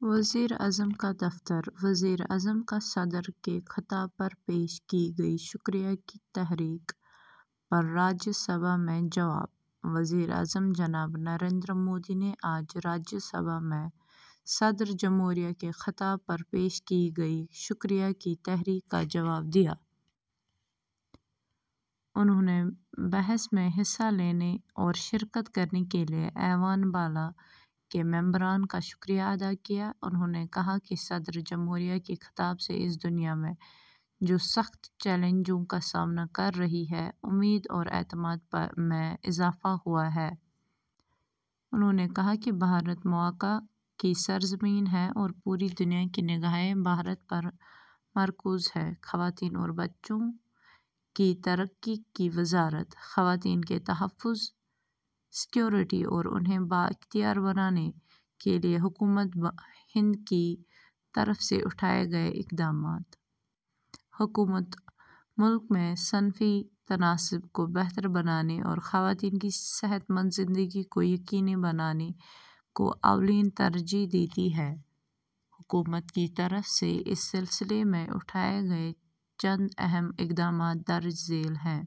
وزیر اعظم کا دفتر: وزیر اعظم کا صدر کے خطاب پر پیش کی گئی شکریہ کی تحریک پر راجیہ سبھا میں جواب۔ وزیر اعظم جناب نریندر مودی نے آج راجیہ سبھا میں صدر جمہوریہ کے خطاب پر پیش کی گئی شکریہ کی تحریک کا جواب دیا۔ انہوں نے بحث میں حصہ لینے اور شرکت کرنے کے لیے ایوان بالا کے ممبران کا شکریہ ادا کیا۔ انہوں نے کہا کہ صدر جمہوریہ کے خطاب سے اس دنیا میں، جو سخت چیلنجوں کا سامنا کر رہی ہے، امید اور اعتماد میں اضافہ ہوا ہے۔ انہوں نے کہا کہ بھارت مواقع کی سرزمین ہے اور پوری دنیا کی نگاہیں بھارت پر مرکوز ہیں۔ خواتین اور بچوں کی ترقی کی وزارت: خواتین کے تحفظ، سکیورٹی اور انہیں بااختیار بنانے کے لیے حکومت ہند کی طرف سے اٹھائے گئے اقدامات۔ حکومت ملک میں صنفی تناسب کو بہتر بنانے اور خواتین کی صحت مند زندگی کو یقینی بنانے کو اولین ترجیح دیتی ہے۔ حکومت کی طرف سے اس سلسلے میں اٹھائے گئے چند اہم اقدامات درج ذیل ہیں۔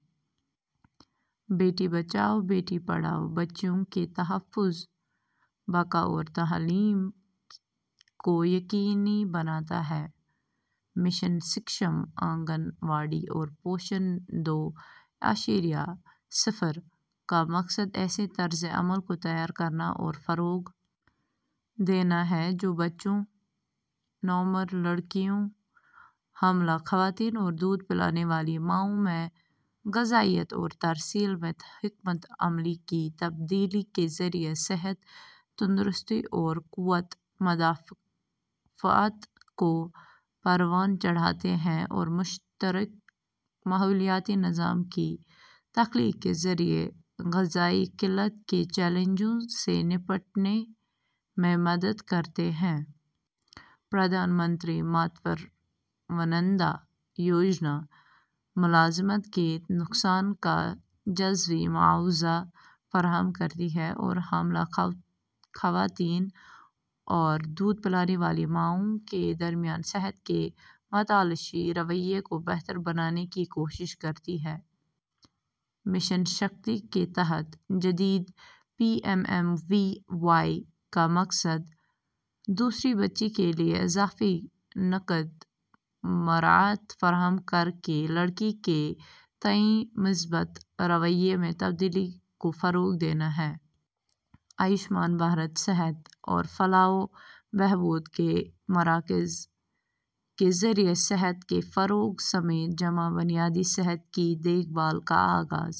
بیٹی بچاؤ، بیٹی پڑھاؤ بچیوں کے تحفظ، بقا اور تعلیم کو یقینی بناتا ہے۔ مشن سکشم آنگن واڑی اور پوشن دو اعشاریہ صفر کا مقصد ایسے طرز عمل کو تیار کرنا اور فروغ دینا ہے جو بچوں، نوعمر لڑکیوں، حاملہ خواتین اور دودھ پلانے والی ماؤں میں غذائیت اور ترسیل میں حکمت عملی کی تبدیلی کے ذریعے صحت، تندرستی اور قوت مدافعت کو پروان چڑھاتے ہیں اور مشترک ماحولیاتی نظام کی تخلیق کے ذریعے غذائی قلت کے چیلنجوں سے نمٹنے میں مدد کرتے ہیں۔ پردھان منتری ماترو وندنا یوجنا ملازمت کے نقصان کا جزوی معاوضہ فراہم کرتی ہے اور حاملہ خواتین اور دودھ پلانے والی ماؤں کے درمیان صحت کے متلاشی رویے کو بہتر بنانے کی کوشش کرتی ہے۔ مشن شکتی کے تحت جدید P M M V Y کا مقصد دوسری بچی کے لیے اضافی نقد مراعات فراہم کر کے لڑکی کے تئیں مثبت رویے میں تبدیلی کو فروغ دینا ہے۔ آیوشمان بھارت صحت اور فلاح و بہبود کے مراکز کے ذریعے صحت کے فروغ سمیت جامع بنیادی صحت کی دیکھ بھال کا آغاز۔